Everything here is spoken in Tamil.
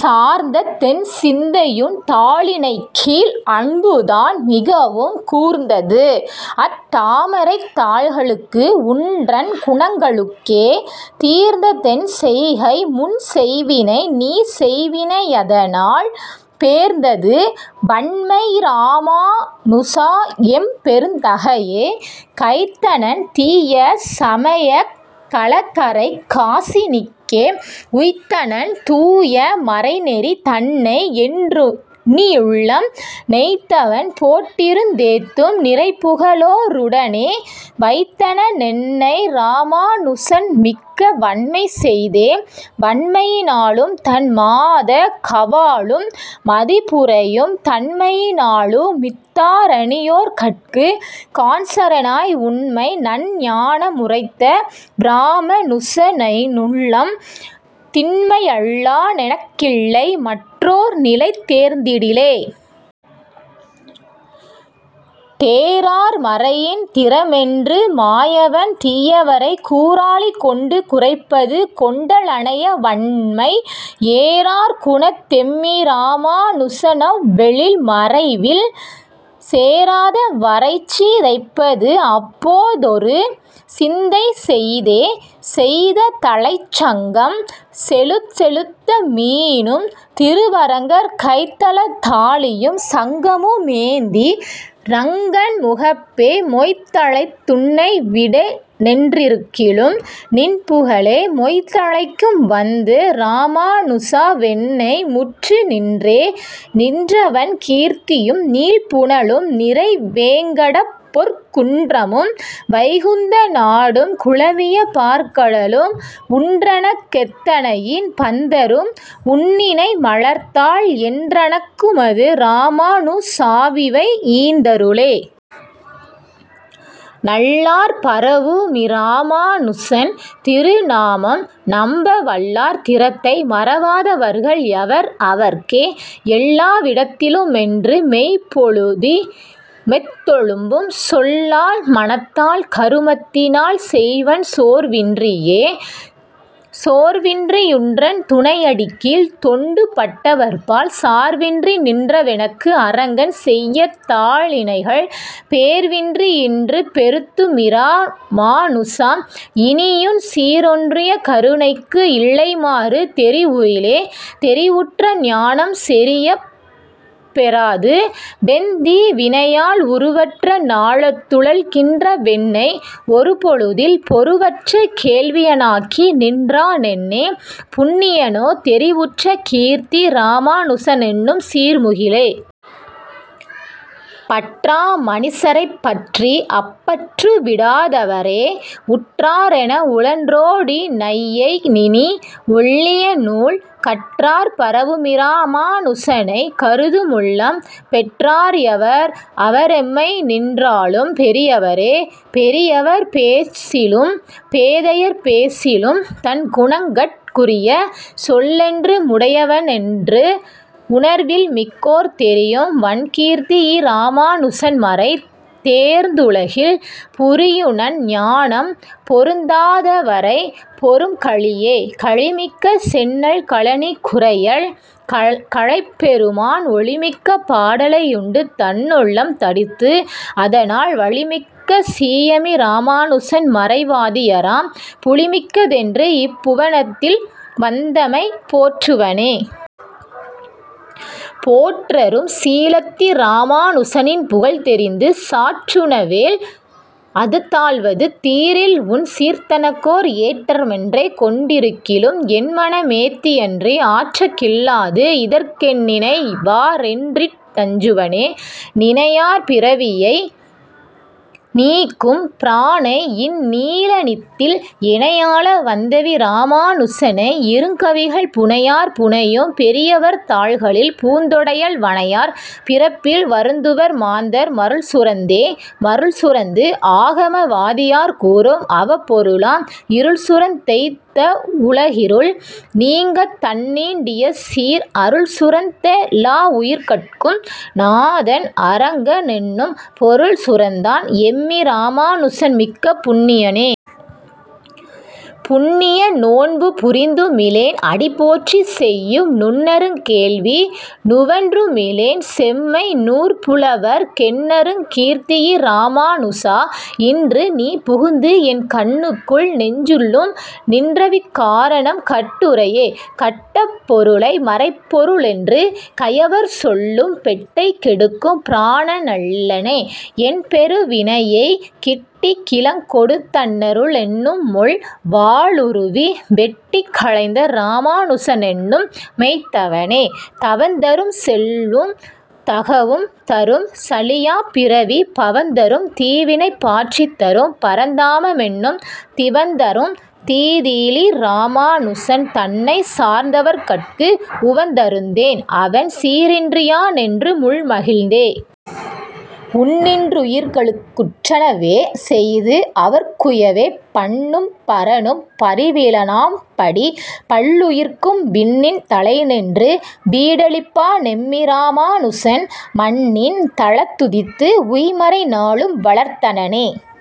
சார்ந்ததென்சிந்தையுன் தாளிணைக்கீழ் அன்புதான் மிகவும் கூர்ந்தது அத்தாமரைத்தாள்களுக்கு உன்றன் குணங்களுக்கே தீர்ந்ததென்செய்கை முன்செய்வினை நீ செய்வினையதனால் பேர்ந்தது வண்மையிராமாநுசா எம் பெருந்தகையே.. கைத்தனன் தீயசமயக்கலகரை காசினிக்கே உய்த்தனன் தூயமறைநெறிதன்னை என்றுன்னியுள்ளம் நெய்த்தவன் போடிருந்தேத்தும் நிறைபுகழோருடனே வைத்தனனென்னை இராமாநுசன்மிக்க வண்மை செய்தே. வண்மையினாலும் தன்மாதகவாலும் மதிபுரையும் தண்மையினாலுமித்தாரணியோர்கட்கு கான்சரணாய் உண்மை நன்ஞானமுரைத்தவிராமாநுசனையுன்னும் திண்மையல்லாலெனக்கில்லை மற்றோர் நிலை தேர்ந்திடிலே. தேரார்மறையின் திறமென்று மாயவன் தீயவரைக் கூராழிகொண்டு குறைப்பது கொண்டலனையவண்மை ஏரார்குணத்தெம்மிராமாநுசனவ் வெழில்மறையில் சேராதவரைச்சிதைப்பது அப்போதொரு சிந்தை செய்தே. செய்த்தலைச்சங்கம் செழுமுத்தமீனும் திருவரங்கர் கைத்தலத்தாழியும் சங்கமுமேந்தி நங்கண் முகப்பே மொய்த்தலைத்துன்னைவிடேனென்றிருக்கிலும் நின்புகழே மொய்த்தலைக்கும் வந்து இராமாநுசாவென்னை முற்றுநின்றே. நின்றவண் கீர்த்தியும் நீள்புனலும் நிறைவேங்கடப்பொற் குன்றமும் வைகுந்தநாடும் குலவியபாற்கடலும் உன்றனக்கெத்தனையின் பந்தரும் உன்னிணைமலர்த்தாள் என்றனக்குமது இராமாநுசாவிவை யீந்தருளே.. நல்லார்பரவுமிராமாநுசன் திருநாமம் நம்ப வல்லார் திறத்தை மறவாதவர்கள் யவர் அவர்க்கே எல்லாவிடத்திலுமென்றுமெப்போதிலு மெத்தொழும்பும் சொல்லால் மனத்தால் கருமத்தினால் செய்வன் சோர்வின்றியே.. சோர்வின்றியுன்றன் துணையடிக்கீழ் தொண்டுப்பட்டவர்பால் சார்வின்றிநின்றவெனக்கு அரங்கன் செய்யதாளிணைகள் பேர்வின்றியின்றுபெறுத்துமிராமாநுசா இனியுன் சீரொன்றிய கருணைக்கு இல்லைமாறு தெரிவுறிலே.. தெரிவுற்றஞானம் செறியப்பெறாது வெந்தீவினையால் உருவற்ற ஞானத்துழல்கின்றவென்னை ஒருபொழுதில் பொருவற்ற கேள்வியனாக்கிநின்றானென்ன புண்ணியனோ தெரிவுற்ற கீர்த்தி இராமாநுசனென்னும் சீர்முகிலே.. பற்றாமனிசரைப்பற்றி அப்பற்றுவிடாதவரே உற்றாரெனவுழன்றோடிநையேனினி ஒள்ளிய நூல் கற்றார்பரவுமிராமாநுசனைக் கருதுமுள்ளம் பெற்றார்யவர் அவரெம்மைநின்றாளும் பெரியவரே.. பெரியவர் பேசிலும் பேதையர்பேசிலும் தன்குணங்கட் குரிய சொல்லென்று முடையவனென்றென்று உணர்வில் மிக்கோர் தெரியும் வண்கீர்த்தியிராமாநுசன்மறை தேர்ந்துலகில் புரியுநன் ஞானம் பொருந்தாதவரைப் பொரும்கலியே.. கலிமிக்க செந்நெல் கழனிக்குறையல் கலைப்பெருமான் ஒலிமிக்க பாடலையுண்டு தன்னுள்ளம் தடித்து அதனால் வலிமிக்க சீயமிராமாநுசன் மறைவாதியராம் புலிமிக்கதென்று இப்புவனத்தில் வந்தமை போற்றுவனே.. போற்றரும் சீலத்திராமாநுச நின்புகழ் தெரிந்து சாற்றுவனேல் அதுதாழ்வது தீரில் உன் சீர்தனக்கோர் ஏற்றமென்றே கொண்டிருக்கிலும் என்மனமேத்தியன்றி ஆற்றகில்லாது இதற்கென்னினைவாயென்றிட்டஞ்சுவனே.. நினையார் பிறவியை நீக்கும் பிரானை இந்நீணிலத்தில் எனையாள வந்தவிராமா னுசனை இருங்கவிகள் புனையார் புனையும் பெரியவர்தாள்களில் பூந்தொடையல் வனையார் பிறப்பில் வருந்துவர் மாந்தர் மருள்சுரந்தே.. மருள் சுரந்து ஆகமவாதியர் கூறும் அவப்பொருளாம் இருள்சுரந்தெய்த்தவுலகிருள் நீங்க தன்னீண்டியசீர் அருள்சுரந்தெல்லாவுயிர்கட்கும் நாதன் அரங்கனென்னும் பொருள் சுரந்தான் எம்மிராமாநுசன் மிக்க புண்ணியனே.. புண்ணிய நோன்புபுரிந்துமிலேன் அடி போற்றி செய்யும் நுண்ணருங்கேள்வி நுவன்றுமிலேன் செம்மை நூற்புலவர்க் கெண்ணருங்கீர்த்தியிராமாநுசா இன்று நீ புகுந்து என் கண்ணுள்ளும் நெஞ்சுள்ளும் நின்றவிக்காரணம் கட்டுரையே.. கட்டப்பொருளை மறைப்பொருளென்று கயவர் சொல்லும் பெட்டைக்கெடுக்கும் பிரானல்லனே என்பெருவினையைக் கிட்டிக்கிழங்கொடுதன்னருளென்னுமொள் வாளுருவி வெட்டிக்களைந்த இராமாநுசனென்னும் மெய்த்தவனே.. தவந்தரும் செல்வும் தகவும் தரும் சலியாப்பிறவிப் பவந்தரும் தீவினைபாற்றித்தரும் பரந்தாமமென்னும் திவந்தரும் தீதிலிராமாநுசன் தன்னைச் சார்ந்தவர்கட்கு உவந்தருந்தேன் அவன் சீரன்றியானென்று முள் மகிழ்ந்தே.. உண்ணின்றுயிர்களுக்குற்றனவே செய்து அவர்க்குயவே பண்ணும்பரனும்பரிவிலனாம்படி பல்லுயிர்க்கும் விண்ணின் தலைநின்று வீடளிப்பானெம்மிராமா னுசன் மண்ணின் தலத்துதித்து உய்மறைநாலும் வளர்த்தனனே..